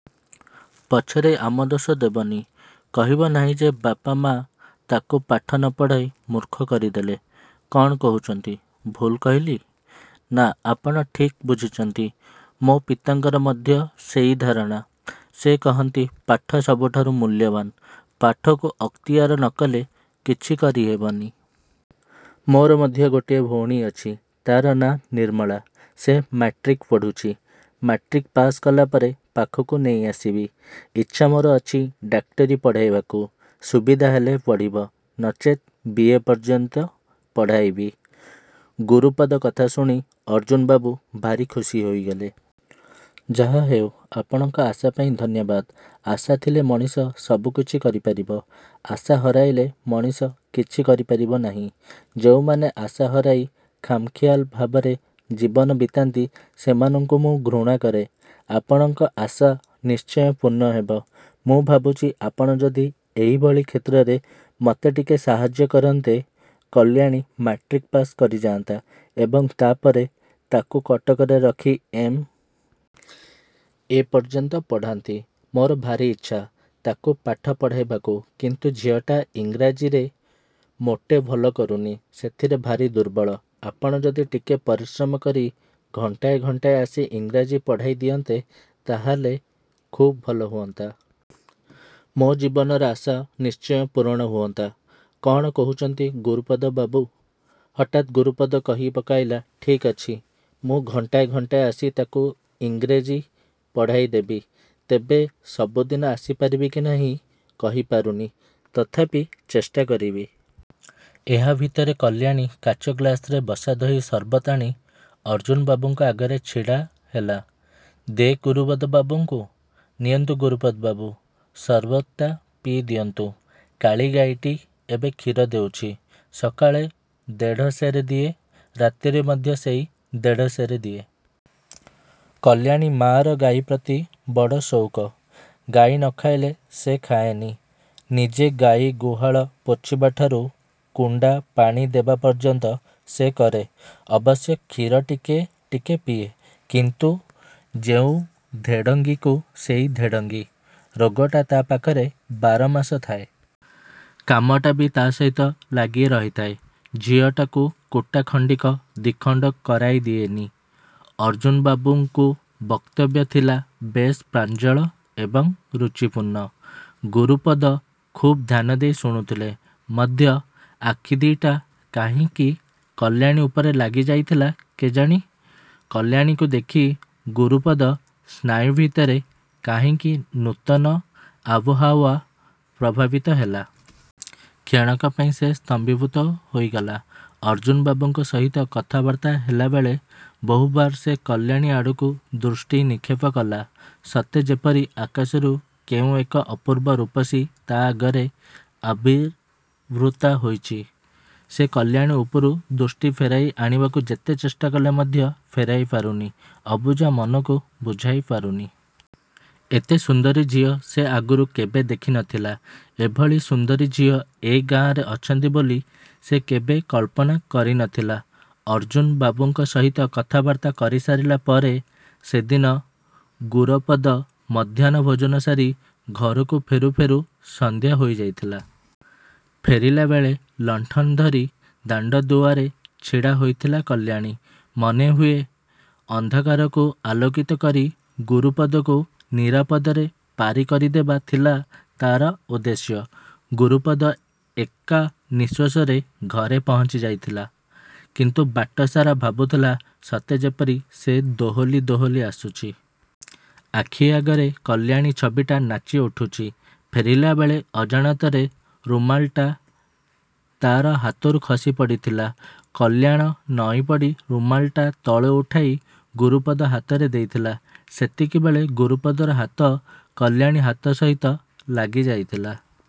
ପଛରେ ଆମ ଦୋଷ ଦେବନି। କହିବ ନାହିଁ ଯେ ବାପ ମା' ତାକୁ ପାଠ ନପଢ଼ାଇ ମୂର୍ଖ କରିଦେଲେ। କ'ଣ କହୁଛନ୍ତି, ଭୁଲ୍ କହିଲି? ନାଁ ଆପଣ ଠିକ୍ ବୁଝିଛନ୍ତି। ମୋ ପିତାଙ୍କର ମଧ୍ୟ ସେଇ ଧାରଣା। ସେ କହନ୍ତି ପାଠ ସବୁଠାରୁ ମୂଲ୍ୟବାନ୍। ପାଠକୁ ଅକ୍ତିଆର ନକଲେ କିଛି କରି ହେବନି। ମୋର ମଧ୍ୟ ଗୋଟିଏ ଭଉଣୀ ଅଛି। ତା'ର ନାଁ ନିର୍ମଳା। ସେ ମାଟ୍ରିକ୍ ପଢ଼ୁଛି। ମାଟ୍ରିକ୍ ପାଶ୍ କଲାପରେ ପାଖକୁ ନେଇଆସିବି। ଇଚ୍ଛା ମୋର ଅଛି ଡାକ୍ତରୀ ପଢ଼ାଇବାକୁ। ସୁବିଧା ହେଲେ ପଢ଼ିବ। ନଚେତ୍ ବିଏ ପର୍ଯ୍ୟନ୍ତ ପଢ଼ାଇବି। ଗୁରୁପଦ କଥା ଶୁଣି ଅର୍ଜ୍ଜୁନବାବୁ ଭାରି ଖୁସି ହୋଇଗଲେ। ଯାହାହେଉ ଆପଣଙ୍କ ଆଶାପାଇଁ ଧନ୍ୟବାଦ। ଆଶା ଥିଲେ ମଣିଷ ସବୁକିଛି କରିପାରିବ। ଆଶା ହରାଇଲେ ମଣିଷ କିଛି କରିପାରିବ ନାହିଁ। ଯେଉଁମାନେ ଆଶା ହରାଇ ଖାମଖିଆଲ ଭାବରେ ଜୀବନ ବିତାନ୍ତି ସେମାନଙ୍କୁ ମୁଁ ଘୃଣା କରେ। ଆପଣଙ୍କ ଆଶା ନିଶ୍ଚୟ ପୂର୍ଣ୍ଣ ହେବ। ମୁଁ ଭାବୁଛି ଆପଣ ଯଦି ଏହିଭଳି କ୍ଷେତ୍ରରେ ମୋତେ ଟିକେ ସାହାଯ୍ୟ କରନ୍ତେ, କଲ୍ୟାଣୀ ମାଟ୍ରିକ୍ ପାଶ୍ କରି ଯାଆନ୍ତା ଏବଂ ତା' ପରେ ତା'କୁ କଟକରେ ରଖି ଏମ୍. ଏ. ପର୍ଯ୍ୟନ୍ତ ପଢ଼ାନ୍ତି। ମୋର ଭାରି ଇଚ୍ଛା ତା'କୁ ପାଠ ପଢ଼ାଇବାକୁ କିନ୍ତୁ ଝିଅଟା ଇଂରାଜୀରେ ମୋଟେ ଭଲ କରୁନି। ସେଥିରେ ଭାରି ଦୁର୍ବଳ। ଆପଣ ଯଦି ଟିକେ ପରିଶ୍ରମ କରି ଘଣ୍ଟାଏ ଘଣ୍ଟାଏ ଆସି ଇଂରାଜୀ ପଢ଼ାଇ ଦିଅନ୍ତେ, ତାହାହେଲେ ଖୁବ୍ ଭଲ ହୁଅନ୍ତା। ମୋ ଜୀବନର ଆଶା ନିଶ୍ଚୟ ପୂରଣ ହୁଅନ୍ତା। କ'ଣ କହୁଛନ୍ତି ଗୁରୁପଦ ବାବୁ? ହଠାତ୍ ଗୁରୁପଦ କହି ପକାଇଲା ଠିକ୍ ଅଛି, ମୁଁ ଘଣ୍ଟାଏ ଘଣ୍ଟାଏ ଆସି ତା'କୁ ଇଂରେଜୀ ପଢ଼ାଇ ଦେବି। ତେବେ ସବୁଦିନେ ଆସି ପାରିବି କି ନାହିଁ କହିପାରୁନି। ତଥାପି ଚେଷ୍ଟା କରିବି। ଏହା ଭିତରେ କଲ୍ୟାଣୀ କାଚଗ୍ଳାସରେ ବସାଦହି ସର୍ବତ ଆଣି ଅର୍ଜ୍ଜୁନବାବୁଙ୍କ ଆଗରେ ଛିଡ଼ା ହେଲା। ଦେ, ଗୁରୁପଦ ବାବୁଙ୍କୁ। ନିଅନ୍ତୁ ଗୁରୁପଦ ବାବୁ, ସର୍ବତଟା ପିଇଦିଅନ୍ତୁ। କାଳି ଗାଈଟି ଏବେ କ୍ଷୀର ଦେଉଛି। ସକାଳେ ଦେଢ଼ ସେରେ ଦିଏ, ରାତିରେ ମଧ୍ୟ ସେଇ ଦେଢ଼ସେରେ ଦିଏ। କଲ୍ୟାଣୀ ମା'ର ଗାଈ ପ୍ରତି ବଡ଼ ସଉକ। ଗାଈ ନଖାଇଲେ ସେ ଖାଏନି। ନିଜେ ଗାଈ ଗୁହାଳ ପୋଛିବାଠାରୁ କୁଣ୍ଡା ପାଣି ଦେବା ପର୍ଯ୍ୟନ୍ତ ସେ କରେ। ଅବଶ୍ୟ କ୍ଷୀର ଟିକେ ଟିକେ ପିଏ। କିନ୍ତୁ ଯେଉଁ ଧେଡ଼ଙ୍ଗିକୁ ସେଇ ଧେଡ଼ଙ୍ଗି। ରୋଗଟା ତା' ପାଖରେ ବାରମାସ ଥାଏ। କାମଟା ବି ତା' ସହିତ ଲାଗି ରହିଥାଏ। ଝିଅଟାକୁ କୁଟା ଖଣ୍ଡିକ ଦିଖଣ୍ଡ କରାଇ ଦିଏନି। ଅର୍ଜ୍ଜୁନବାବୁଙ୍କୁ ବକ୍ତବ୍ୟ ଥିଲା ବେଶ୍ ପ୍ରାଞ୍ଜଳ ଏବଂ ରୁଚିପୂର୍ଣ୍ଣ। ଗୁରୁପଦ ଖୁବ୍ ଧ୍ୟାନଦେଇ ଶୁଣୁଥିଲେ ମଧ୍ୟ ଆଖି ଦି'ଟା କାହିଁକି କଲ୍ୟାଣୀ ଉପରେ ଲାଗି ଯାଇଥିଲା, କେଜାଣି? କଲ୍ୟାଣୀକୁ ଦେଖି ଗୁରୁପଦ ସ୍ନାୟୁ ଭିତରେ କାହିଁକି ନୂତନ ଆବହାଓ୍ୱା ପ୍ରଭାବିତ ହେଲା। କ୍ଷଣକ ପାଇଁ ସେ ସ୍ତମ୍ଭୀଭୂତ ହୋଇଗଲା। ଅର୍ଜ୍ଜୁନବାବୁଙ୍କ ସହିତ କଥାବାର୍ତ୍ତା ହେଲାବେଳେ ବହୁବାର ସେ କଲ୍ୟାଣୀ ଆଡ଼କୁ ଦୃଷ୍ଟି ନିକ୍ଷେପ କଲା, ସତେ ଯେପରି ଆକାଶରୁ କେଉଁ ଏକ ଅପୂର୍ବ ରୂପସୀ ତା' ଆଗରେ ଆବିର୍ଭୁତା ହୋଇଛି। ସେ କଲ୍ୟାଣୀ ଉପରୁ। ଦୃଷ୍ଟି ଫେରାଇ ଆଣିବାକୁ ଯେତେ ଚେଷ୍ଟା କଲେ ମଧ୍ୟ ଫେରାଇ ପାରୁନି–ଅବୁଝା ମନକୁ ବୁଝାଇ ପାରୁନି। ଏତେ ସୁନ୍ଦରୀ ଝିଅ ସେ ଆଗରୁ କେବେ ଦେଖି ନଥିଲା। ଏଭଳି ସୁନ୍ଦରୀ ଝିଅ ଏ ଗାଁରେ ଅଛନ୍ତି ବୋଲି ସେ କେବେ କଳ୍ପନା କରି ନ ଥିଲା। ଅର୍ଜ୍ଜୁନବାବୁଙ୍କ ସହିତ କଥାବାର୍ତ୍ତା କରିସାରିଲା ପରେ ସେଦିନ ଗୁରପଦ ମଧ୍ୟାହ୍ନ ଭୋଜନ ସାରି ଘରକୁ ଫେରୁ ଫେରୁ ସନ୍ଧ୍ୟା ହୋଇ ଯାଇଥିଲା। ଫେରିଲାବେଳେ ଲଣ୍ଠନ ଧରି ଦାଣ୍ଡ ଦୁଆରେ ଛିଡ଼ା ହୋଇଥିଲା କଲ୍ୟାଣୀ। ମନେ ହୁଏ ଅନ୍ଧକାରକୁ ଆଲୋକିତ କରି ଗୁରୁପଦକୁ ନିରାପଦରେ ପାରି କରି ଦେବା ଥିଲା ତା'ର ଉଦ୍ଦେଶ୍ୟ। ଗୁରୁପଦ ଏକା ନିଶ୍ୱାସରେ ଘରେ ପହଞ୍ଚି ଯାଇଥିଲା। କିନ୍ତୁ ବାଟ ସାରା ଭାବୁଥିଲା ସତେ ଯେପରି ସେ ଦୋହଲି ଦୋହଲି ଆସୁଛି। ଆଖି ଆଗରେ କଲ୍ୟାଣୀ ଛବିଟା ନାଚି ଉଠୁଛି। ଫେରିଲାବେଳେ ଅଜାଣତରେ ରୁମାଲଟା ତା'ର ହାତରୁ ଖସି ପଡ଼ିଥିଲା। କଲ୍ୟାଣ ନଇଁପଡ଼ି ରୁମାଲ୍ଟା ତଳୁ ଉଠାଇ ଗୁରୁପଦ ହାତରେ ଦେଇଥିଲା। ସେତିକିବେଳେ ଗୁରୁପଦର ହାତ କଲ୍ୟାଣୀ ହାତ ସହିତ ଲାଗିଯାଇଥିଲା।